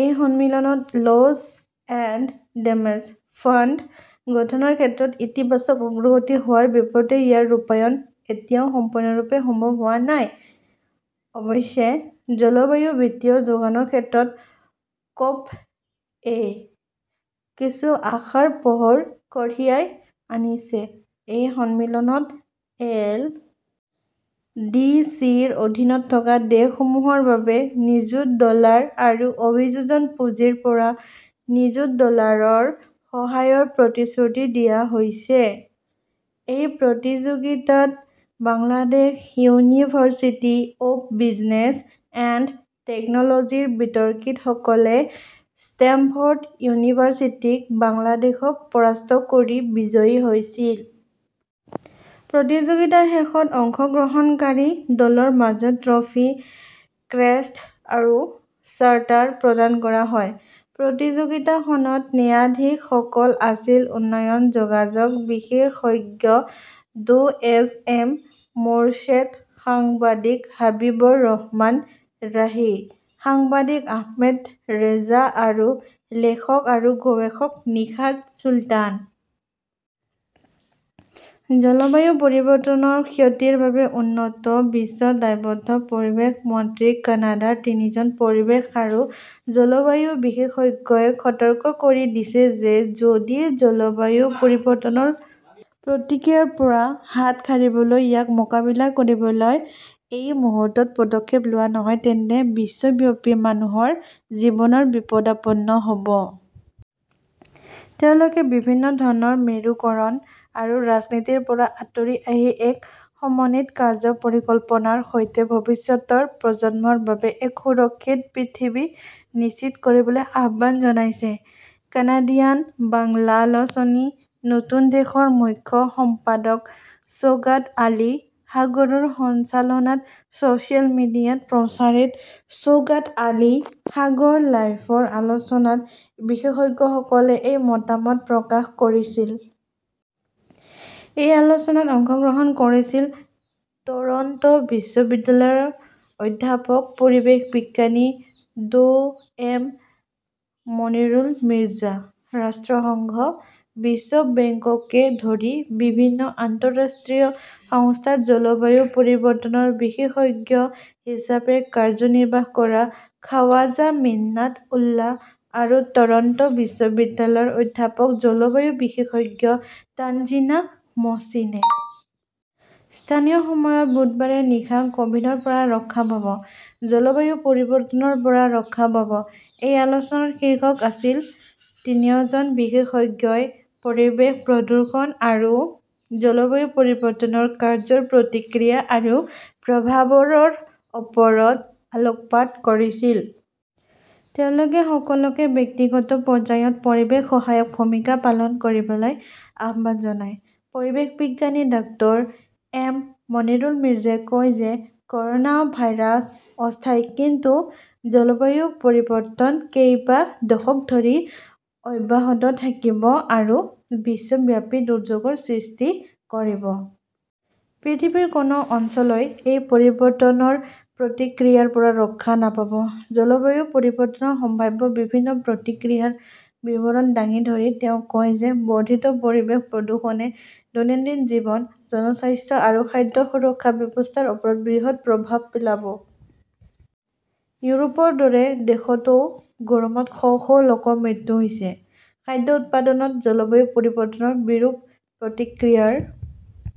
এই সন্মিলনত loss and damage fund গঠনৰ ক্ষেত্ৰত ইতিবাচক অগ্ৰগতি হোৱাৰ বিপৰীতে ইয়াৰ ৰূপায়ণ এতিয়াও সম্পূৰ্ণৰূপে সম্ভৱ হোৱা নাই। অৱশ্যে জলবায়ু বিত্তীয় যোগানৰ ক্ষেত্ৰত কপ- -এ কিছু আশাৰ পোহৰ কঢ়িয়াই আনিছে। এই সন্মিলনত এল. ডি. চি. -ৰ অধীনত থকা দেশসমূহৰ বাবে নিযুত ডলাৰ আৰু অভিযোজন পুঁজিৰ পৰা নিযুত ডলাৰৰ সহায়ৰ প্ৰতিশ্ৰুতি দিয়া হৈছে। এই প্ৰতিযোগিতাত Bangladesh university of business and টেকন 'লজিৰ বিতৰ্কিতসকলে ষ্টেমফৰ্ড ইউনিভাৰ্চিটিক বাংলাদেশক পৰাস্ত কৰি বিজয়ী হৈছিল। প্ৰতিযোগিতাৰ শেষত অংশগ্ৰহণকাৰী দলৰ মাজত ট্ৰফী, ক্ৰেষ্ট আৰু চাৰ্টাৰ প্ৰদান কৰা হয়। প্ৰতিযোগিতাখনত ন্যায়াধীশসকল আছিল-উন্নয়ন যোগাযোগ বিশেষজ্ঞ ড এছ. এম. মোৰশ্বেদ, সাংবাদিক হাবিবৰ ৰহমান ৰাহি, সাংবাদিক আহমেদ ৰেজা আৰু লেখক আৰু গৱেষক নিশাত চুলতান। জলবায়ু পৰিৱৰ্তনৰ ক্ষতিৰ বাবে উন্নত বিশ্ব দায়বদ্ধঃ পৰিৱেশ মন্ত্ৰী কানাডাৰ তিনিজন পৰিৱেশ আৰু জলবায়ু বিশেষজ্ঞই সতৰ্ক কৰি দিছে যে যদি জলবায়ু পৰিৱৰ্তনৰ প্ৰতিক্ৰিয়াৰ পৰা হাত সাৰিবলৈ ইয়াক মোকাবিলা কৰিবলৈ এই মুহূৰ্তত পদক্ষেপ লোৱা নহয় তেন্তে বিশ্বব্যাপী মানুহৰ জীৱন বিপদাপন্ন হ 'ব। তেওঁলোকে বিভিন্ন ধৰণৰ মেৰুকৰণ আৰু ৰাজনীতিৰ পৰা আঁতৰি আহি এক সমন্বিত কাৰ্য্য পৰিকল্পনাৰ সৈতে ভৱিষ্যতৰ প্ৰজন্মৰ বাবে এক সুৰক্ষিত পৃথিৱী নিশ্চিত কৰিবলৈ আহ্বান জনাইছে। কানাডিয়ান বাংলা আলোচনী নতুন দেশৰ মুখ্য সম্পাদক শ্বোগাট আলী সাগৰৰ সঞ্চালনাত ছ "চিয়েল মিডিয়াত প্ৰচাৰিত শ্বোগাট আলী সাগৰ লাইভৰ আলোচনাত বিশেষজ্ঞসকলে এই মতামত প্ৰকাশ কৰিছিল। এই আলোচনাত অংশগ্ৰহণ কৰিছিল টৰন্টো বিশ্ববিদ্যালয়ৰ অধ্যাপক পৰিৱেশ বিজ্ঞানী ড এম. মনিৰুল মিৰ্জা, ৰাষ্ট্ৰসংঘ, বিশ্ব বেংককে ধৰি বিভিন্ন আন্তঃৰাষ্ট্ৰীয় সংস্থাত জলবায়ু পৰিৱৰ্তনৰ বিশেষজ্ঞ হিচাপে কাৰ্যনিৰ্বাহ কৰা খাৱাজা মিন্নাট উল্লা আৰু টৰন্টো বিশ্ববিদ্যালয়ৰ অধ্যাপক জলবায়ু বিশেষজ্ঞ তানজিনা মোহচিনে। স্থানীয় সময়ৰ বুধবাৰে নিশা 'ক "ভিডৰ পৰা ৰক্ষা পাব, জলবায়ু পৰিৱৰ্তনৰ পৰা ৰক্ষা পাব! " এই আলোচনাৰ শীৰ্ষক আছিল '। তিনিওজন বিশেষজ্ঞই পৰিৱেশ প্ৰদূষণ আৰু জলবায়ু পৰিৱৰ্তনৰ কাৰ্য্যৰ প্ৰতিক্ৰিয়া আৰু প্ৰভাৱৰৰ ওপৰত আলোকপাত কৰিছিল। তেওঁলোকে সকলোকে ব্যক্তিগত পৰ্যায়ত পৰিৱেশ সহায়ক ভূমিকা পালন কৰিবলৈ আহ্বান জনায়। পৰিৱেশ বিজ্ঞানী ডাঃ এম মনিৰুল মিৰ্জাই কয় যে কৰ 'না ভাইৰাছ অস্থায়ী কিন্তু জলবায়ু পৰিৱৰ্তন কেইবা দশক ধৰি অব্যাহত থাকিব আৰু বিশ্বব্যাপী দুৰ্যোগৰ সৃষ্টি কৰিব। পৃথিৱীৰ কোনো অঞ্চলই এই পৰিৱৰ্তনৰ প্ৰতিক্ৰিয়াৰ পৰা ৰক্ষা নাপাব। জলবায়ু পৰিৱৰ্তনৰ সম্ভাৱ্য বিভিন্ন প্ৰতিক্ৰিয়াৰ বিৱৰণ দাঙি ধৰি তেওঁ কয় যে বৰ্ধিত পৰিৱেশ প্ৰদূষণে দৈনন্দিন জীৱন, জনস্বাস্থ্য আৰু খাদ্য সুৰক্ষা ব্যৱস্থাৰ ওপৰত বৃহৎ প্ৰভাৱ পেলাব। ইউৰোপৰ দৰে দেশতও গৰমত শ শ লোকৰ মৃত্যু হৈছে। খাদ্য উৎপাদনত জলবায়ু পৰিৱৰ্তনৰ বিৰূপ প্ৰতিক্ৰিয়াৰ